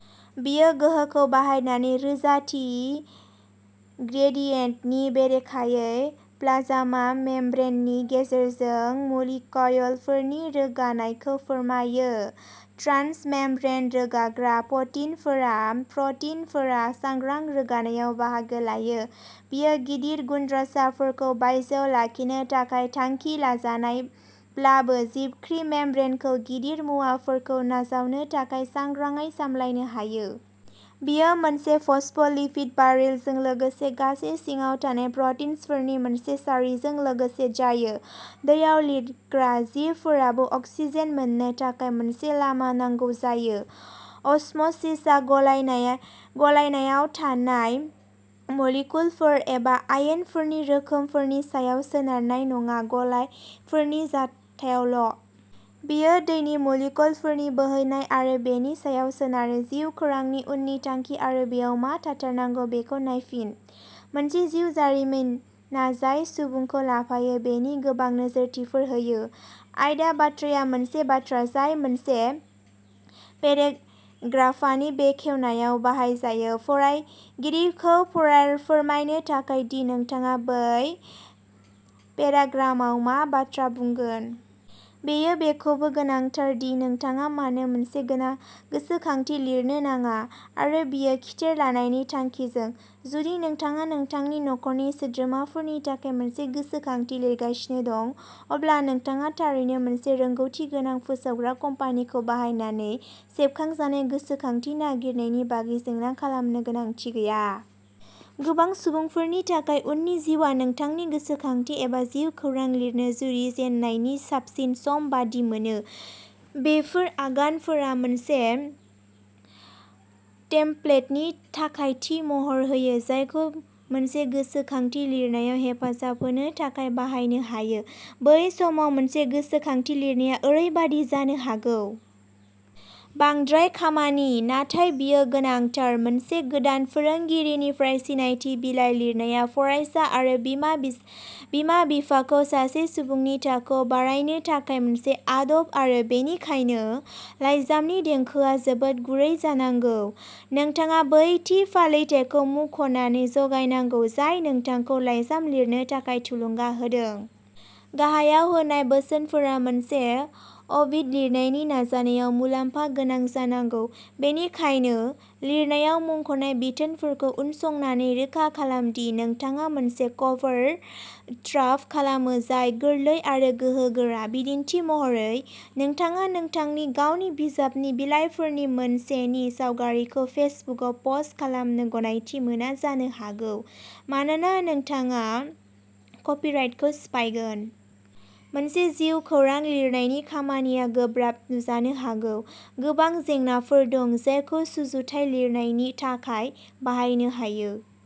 बेयो गोहोखौ बाहायनानै रोजाथि ग्रेडियेंटनि बेरेखायै प्लाज्मा मेम्ब्रेननि गेजेरजों मलिक्युलफोरनि रोगानायखौ फोरमायो। ट्रान्समेम्ब्रेन रोगाग्रा प्र'टिनफोरा सांग्रां रोगानायाव बाहागो लायो। बेयो गिदिर गुनद्रासाफोरखौ बायजोआव लाखिनो थाखाय थांखि लाजानायब्लाबो, जिबख्रि मेम्ब्रेनखौ गिदिर मुवाफोरखौ नाजावनो थाखाय सांग्राङै सामलायनो हायो। बेयो मोनसे फस्फ'लिपिड बाइलेयारजों लोगोसे गासै सिङाव थानाय प्र'टिनफोरनि मोनसे सारिजों लोगोसे जायो। दैयाव लिरग्रा जिबफोराबो अक्सिजेन मोन्नो थाखाय मोनसे लामा नांगौ जायो। असम'सिसआ गलायनायाव थानाय मलिक्युलफोर एबा आयनफोरनि रोखोमफोरनि सायाव सोनारनाय नङा, गलायफोरनि जथायावल'। बेयो दैनि मलिक्युलफोरनि बोहैनाय आरो बेनि सायाव सोनारो। जिउखौरांनि उननि थांखि आरो बेयाव मा थाथारनांगौ बेखौ नायफिन। मोनसे जिउ जारिमिना जाय सुबुंखौ लाफायो बिनि गोबां नोजोरथिफोर होयो। आयदा बाथ्राआ मोनसे बाथ्रा जाय मोनसे पेराग्राफानि बेखेवनायाव बाहाय जायो, फरायगिरिखौ फोरमायनो थाखाय दि नोंथाङा बै पेराग्राफआव मा बाथ्रा बुंगोन। बेयो बेखौबो गोनांथार दि नोंथाङा मानो मोनसे गोसोखांथि लिरनो नाङा आरो बेयो खिथेर लानायनि थांखिजों। जुदि नोंथाङा नोंथांनि नखरनि सोद्रोमाफोरनि थाखाय मोनसे गोसोखांथि लिरगासिनो दं, अब्ला नोंथाङा थारैनो मोनसे रोंग'थि गोनां फोसावग्रा कम्पानिखौ बाहायनानै सेबखांजानाय गोसोखांथि नागिरनायनि बागै जिंगा खालामनो गोनांथि गैया। गोबां सुबुंफोरनि थाखाय, उननि जिउआ नोंथांनि गोसोखांथि एबा जिउखौरां लिरनो जुरिजेननायनि साबसिन सम बायदि मोनो। बेफोर आगानफोरा मोनसे टेमप्लेटनि थाखाय थि महर होयो, जायखौ मोनसे गोसोखांथि लिरनायाव हेफाजाब होनो थाखाय बाहायनो हायो। बै समाव मोनसे गोसोखांथि लिरनाया ओरैबायदि जानो हागौ। बांद्राय खामानि, नाथाय बेयो गोनांथार। सासे गोदान फोरोंगिरिनिफ्राय सिनायथि बिलाय लिरनाया फरायसा आरो बिमा-बिफाखौ सासे सुबुंनि थाखोयाव बरायनो थाखाय मोनसे आदब आरो बेनिखायनो, लाइजामनि देंखोआ जोबोद गुरै जानांगौ। नोंथाङा बै थि फालिथायखौ मुंख'नानै जागायनांगौ जाय नोंथांखौ लाइजाम लिरनो थाखाय थुलुंगा होदों। गाहायाव होनाय बोसोनफोरा मोनसे अबिट लिरनायनि नाजानायाव मुलाम्फा गोनां जानांगौ। बेनिखायनो, लिरनायाव मुंख'नाय बिथोनफोरखौ उनसंनानै रोखा खालाम दि नोंथाङा मोनसे कभार ड्राफ्ट खालामो जाय गोरलै आरो गोहोगोरा। बिदिन्थि महरै, नोंथाङा नोंथांनि गावनि बिजाबनि बिलाइफोरनि मोनसेनि सावगारिखौ फेसबुकआव पस्ट खालामनो गनायथि मोना जानो हागौ, मानोना नोंथाङा कपिराइटखौ सिफायगोन। मोनसे जिउखौरां लिरनायनि खामानिया गोब्राब नुजानो हागौ। गोबां जेंनाफोर दं जायखौ सुजुथाय लिरनायनि थाखाय बाहायनो हायो।